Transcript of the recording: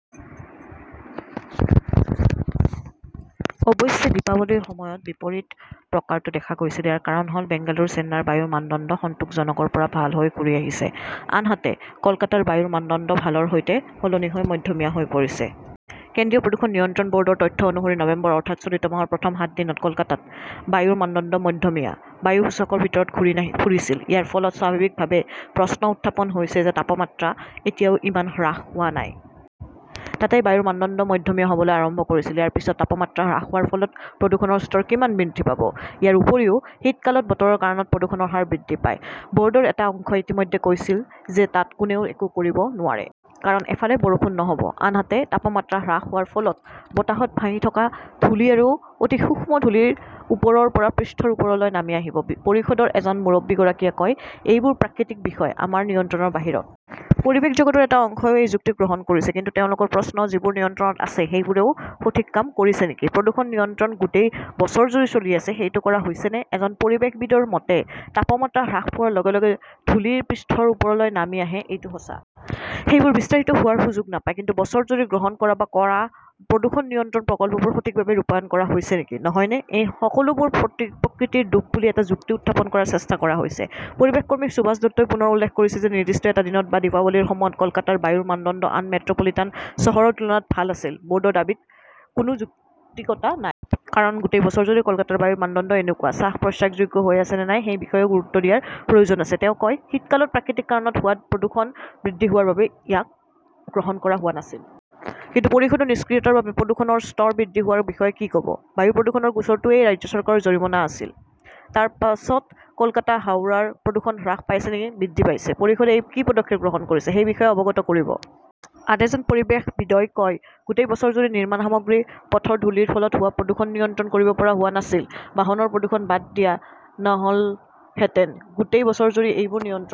অৱশ্যে, দীপাৱলীৰ সময়ত বিপৰীত প্ৰকাৰটো দেখা গৈছিল! ইয়াৰ কাৰণ হ "ল, বেংগালুৰু, চেন্নাইৰ বায়ুৰ মানদণ্ড 'সন্তোষজনক" ৰ পৰা' ভাল "লৈ ঘূৰি আছে, আনহাতে কলকাতাৰ বায়ুৰ মানদণ্ড 'ভাল" ৰ সৈতে সলনি হৈ' মধ্যমীয়া "হৈ পৰিছে। কেন্দ্ৰীয় প্ৰদূষণ নিয়ন্ত্ৰণ ব "ৰ্ডৰ তথ্য অনুসৰি, নৱেম্বৰ, অৰ্থাৎ চলিত মাহৰ প্ৰথম সাত দিনত কলকাতাত বায়ুৰ মানদণ্ড 'মধ্যমীয়া"। বায়ু সূচক ৰ ভিতৰত ঘূৰি ফুৰিছিল। ইয়াৰ ফলত স্বাভাৱিকভাৱেই প্ৰশ্ন উত্থাপন হৈছে যে তাপমাত্ৰা এতিয়াও ইমান হ্ৰাস হোৱা নাই। তাতেই বায়ুৰ মানদণ্ড 'মধ্যমীয়া "হ" বলৈ আৰম্ভ কৰিছিল। ইয়াৰ পিছত তাপমাত্ৰা হ্ৰাস হোৱাৰ ফলত প্ৰদূষণৰ স্তৰ কিমান বৃদ্ধি পাব? ইয়াৰ উপৰিও শীতকালত বতৰৰ কাৰণত প্ৰদূষণৰ হাৰ বৃদ্ধি পায়। ব "ৰ্ডৰ এটা অংশই ইতিমধ্যে কৈছিল যে তাত কোনেও একো কৰিব নোৱাৰে। কাৰণ, এফালে বৰষুণ নহ 'ব। আনহাতে, তাপমাত্ৰা হ্ৰাস হোৱাৰ ফলত বতাহত ভাহি থকা ধূলি আৰু অতি সূক্ষ্ম ধূলি ওপৰৰ পৰা পৃষ্ঠৰ ওচৰলৈ নামি আহিব। পৰিষদৰ এজন মুৰব্বীগৰাকীয়ে কয়, "এইবোৰ প্ৰাকৃতিক বিষয়। আমাৰ নিয়ন্ত্ৰণৰ বাহিৰত। "পৰিৱেশ জগতৰ এটা অংশইও এই যুক্তি গ্ৰহণ কৰিছে। কিন্তু তেওঁলোকৰ প্ৰশ্ন, যিবোৰ নিয়ন্ত্ৰণত আছে, সেইবোৰেও সঠিক কাম কৰিছে নেকি? প্ৰদূষণ নিয়ন্ত্ৰণ গোটেই বছৰজুৰি চলি আছে, সেইটো কৰা হৈছেনে? এজন পৰিৱেশবিদৰ মতে, "তাপমাত্ৰা হ্ৰাস পোৱাৰ লগে লগে ধূলি পৃষ্ঠৰ ওচৰলৈ নামি আহে, এইটো সঁচা। সেইবোৰ বিস্তাৰিত হোৱাৰ সুযোগ নাপায়। কিন্তু বছৰজুৰি গ্ৰহণ কৰা বা কৰা প্ৰদূষণ নিয়ন্ত্ৰণ প্ৰকল্পবোৰ সঠিকভাৱে ৰূপায়ণ কৰা হৈছে নেকি? নহয়নে, এই সকলোবোৰ প্ৰকৃতিৰ দোষ বুলি এটা যুক্তি উত্থাপন কৰাৰ চেষ্টা কৰা হৈছে? "পৰিৱেশ কৰ্মী সুভাষ দত্তই পুনৰ উল্লেখ কৰিছে যে নিৰ্দিষ্ট এটা দিনত বা দীপাৱলীৰ সময়ত কলকাতাৰ বায়ুৰ মানদণ্ড আন মেট্ৰ 'পলিটান চহৰৰ তুলনাত ভাল আছিল, ব" ৰ্ডৰ দাবীৰ কোনো যৌক্তিকতা নাই। কাৰণ, গোটেই বছৰজুৰি কলকাতাৰ বায়ুৰ মানদণ্ড কেনেকুৱা, শ্বাস-প্ৰশ্বাসযোগ্য হৈ আছে নে নাই সেই বিষয়েও গুৰুত্ব দিয়াৰ প্ৰয়োজন আছে। তেওঁ কয়, "শীতকালত প্ৰাকৃতিক কাৰণত হোৱা প্ৰদূষণ বৃদ্ধি হোৱাৰ বাবে ইয়াক গ্ৰহণ কৰা হোৱা নাছিল। কিন্তু পৰিষদৰ নিষ্ক্ৰিয়তাৰ বাবে প্ৰদূষণৰ স্তৰ বৃদ্ধি হোৱাৰ বিষয়ে কি ক "ব? বায়ু প্ৰদূষণৰ গোচৰটোৱেই ৰাজ্য চৰকাৰৰ জৰিমনা আছিল। তাৰ পিছত কলকাতা, হাওড়াৰ প্ৰদূষণ হ্ৰাস পাইছে নে বৃদ্ধি পাইছে? পৰিষদে কি পদক্ষেপ গ্ৰহণ কৰা হৈছে সেই বিষয়ে অৱগত কৰিব। "আন এজন পৰিৱেশবিদই কয়", গোটেই বছৰজুৰি নিৰ্মাণ সামগ্ৰী, পথৰ ধূলিৰ ফলত হোৱা প্ৰদূষণ নিয়ন্ত্ৰণ কৰিব পৰা হোৱা নাছিল। বাহনৰ প্ৰদূষণ বাদ দিয়া নহ "লহেঁতেন! গোটেই বছৰজুৰি এইবোৰ নিয়ন্ত্ৰণ